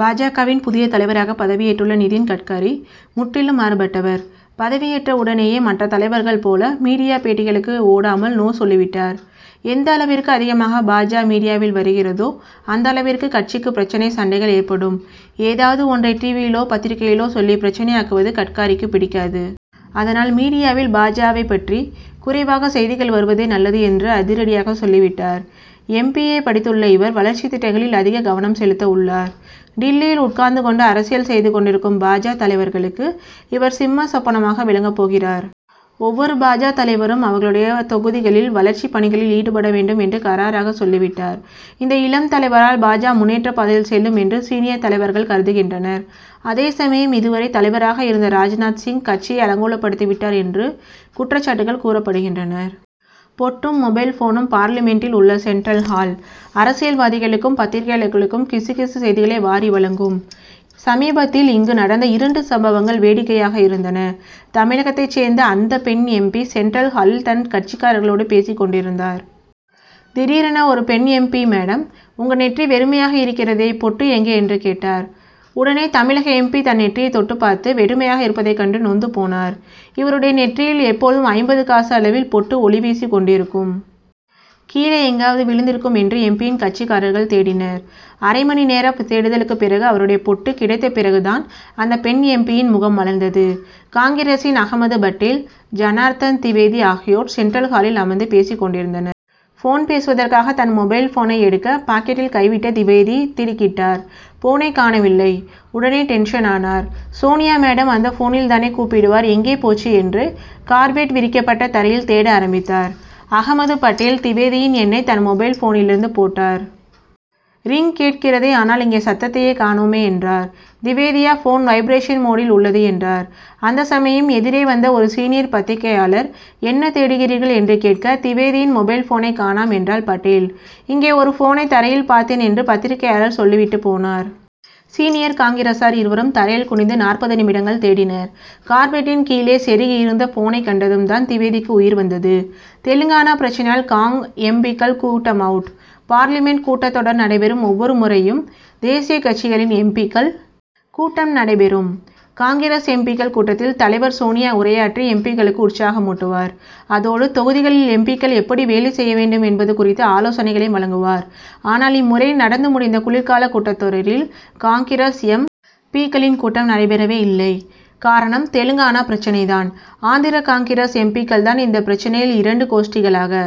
பா. ஜ.,வின் புதிய தலைவராக பதவியேற்றுள்ள நிதின் கட்காரி, முற்றிலும் மாறுபட்டவர். பதவியேற்ற உடனேயே, மற்ற தலைவர்கள் போல, மீடியா பேட்டிகளுக்கு ஓடாமல், நோ சொல்லிவிட்டார். எந்த அளவிற்கு அதிகமாக பா. ஜ., மீடியாவில் வருகிதோ, அந்த அளவிற்கு கட்சிக்கு பிரச்னை, சண்டைகள் ஏற்படும். ஏதாவது ஒன்றை, டிவியிலோ, பத்திரிகையிலோ சொல்லி பிரச்னையாக்குவது, கட்காரிக்கு பிடிக்காது. அதனால் மீடியாவில், பா. ஜ.,வைப் பற்றி குறைவாக செய்திகள் வருவதே நல்லது என்று அதிரடியாக சொல்லிவிட்டார். எம். பி. ஏ., படித்துள்ள இவர், வளர்ச்சித் திட்டங்களில் அதிக கவனம் செலுத்த உள்ளார். டில்லியில் உட்கார்ந்து கொண்டு அரசியல் செய்து கொண்டிருக்கும் பா. ஜ., தலைவர்களுக்கு இவர், சிம்ம சொப்பனமாக விளங்கப் போகிறார். ஒவ்வொரு பா. ஜ., தலைவரும், அவர்களுடைய தொகுதிகளில், வளர்ச்சிப் பணிகளில் ஈடுபட வேண்டும் என்று கறாராக சொல்லிவிட்டார். இந்த இளம் தலைவரால், பா. ஜ., முன்னேற்றப் பாதையில் செல்லும் என்று, சீனியர் தலைவர்கள் கருதுகின்றனர். அதே சமயம், இதுவரை தலைவராக இருந்த ராஜ்நாத் சிங், கட்சியை அலங்கோலப்படுத்தி விட்டார் என்று குற்றச்சாட்டுகள் கூறப்படுகின்றன. பொட்டும் மொபைல் போனும்: பார்லிமென்டில் உள்ள சென்ட்ரல் ஹால், அரசியல்வாதிகளுக்கும், பத்திரிகையாளர்களுக்கும், கிசு கிசு செய்திகளை வாரி வழங்கும். சமீபத்தில் இங்கு நடந்த இரண்டு சம்பவங்கள், வேடிக்கையாக இருந்தன. தமிழகத்தைச் சேர்ந்த அந்த பெண் எம். பி., சென்ட்ரல் ஹாலில், தன் கட்சிக்காரர்களோடு பேசிக் கொண்டிருந்தார். திடீரென ஒரு பெண் எம். பி., மேடம்உங்க நெற்றி வெறுமையாக இருக்கிறதேபொட்டு எங்கே? என்று கேட்டார். உடனே தமிழக எம். பி., தன் நெற்றியைத் தொட்டு பார்த்து, வெறுமையாக இருப்பதைக் கண்டு நொந்து போனார். இவருடைய நெற்றியில் எப்போதும், ஐம்பது காசு அளவில் பொட்டு, ஒளி வீசிக் கொண்டிருக்கும். கீழே எங்காவது விழுந்திருக்கும் என்று, எம். பி.,யின் கட்சிக்காரர்கள் தேடினர். அரை மணி நேர தேடுதலுக்குப் பிறகு, அவருடைய பொட்டு கிடைத்த பிறகு தான், அந்த பெண் எம். பி.,யின் முகம் மலர்ந்தது. காங்கிரசின் அகமது பட்டேல், ஜனார்த்தன் திவேதி ஆகியோர், சென்ட்ரல் ஹாலில் அமர்ந்து பேசிக் கொண்டிருந்தனர். போன் பேசுவதற்காக, தன் மொபைல் போனை எடுக்க பாக்கெட்டில் கை விட்ட திவேதி, திடுக்கிட்டார். போனைக் காணவில்லை. உடனே டென்ஷன் ஆனார். சோனியா மேடம் அந்த போனில் தானே கூப்பிடுவார்எங்கே போச்சு என்று, கார்பெட் விரிக்கப்பட்ட தரையில் தேட ஆரம்பித்தார். அகமது பட்டேல், திவேதியின் எண்ணை தன் மொபைல் போனிலிருந்து போட்டார். ரிங் போன் கேட்கிறதேஆனால் இங்கே சத்தத்தையே காணோமே என்றார். திவேதியோபோன் வைப்ரேஷன் மோடில் உள்ளது என்றார். அந்த சமயம் எதிரே வந்த ஒரு சீனியர் பத்திரிகையாளர், என்ன தேடுகிறீர்கள்' என்று கேட்க, திவேதியின் மொபைல் போனைக் காணோம் என்றார் பட்டேல். இங்கே ஒரு போனை தரையில் பார்த்தேன் என்று பத்திரிகையாளர் சொல்லிவிட்டுப் போனார். சீனியர் காங்கிரசார் இருவரும், தரையில் குனிந்து நாற்பது நிமிடங்கள் தேடினர். கார்பெட்டின் கீழே செருகியிருந்த போனைக் கண்டதும் தான், திவேதிக்கு உயிர் வந்தது. தெலுங்கானா பிரச்னையால் காங்., எம். பி.,க்கள் கூட்டம் அவுட்: பார்லிமென்ட் கூட்டத்தொடர் நடைபெறும் ஒவ்வொரு முறையும், தேசிய கட்சிகளின் எம். பி.,க்கள் கூட்டம் நடைபெறும். காங்கிரஸ் எம். பி.,க்கள் கூட்டத்தில் தலைவர் சோனியா உரையாற்றி, எம். பி.,க்களுக்கு உற்சாகமூட்டுவார். அதோடு, தொகுதிகளில், எம். பி.,க்கள் எப்படி வேலை செய்ய வேண்டும் என்பது குறித்து, ஆலோசனைகளையும் சோனியா வழங்குவார். ஆனால், இம்முறை நடந்து முடிந்த குளிர்கால கூட்டத்தொடரில், காங்கிரஸ் எம். பி.,க்களின் கூட்டம் நடைபெறவேயில்லை. காரணம், தெலுங்கானா பிரச்னை தான். ஆந்திர காங்கிரஸ் எம். பி.,க்கள், இந்த பிரச்னையில் இரண்டு கோஷ்டிகளாக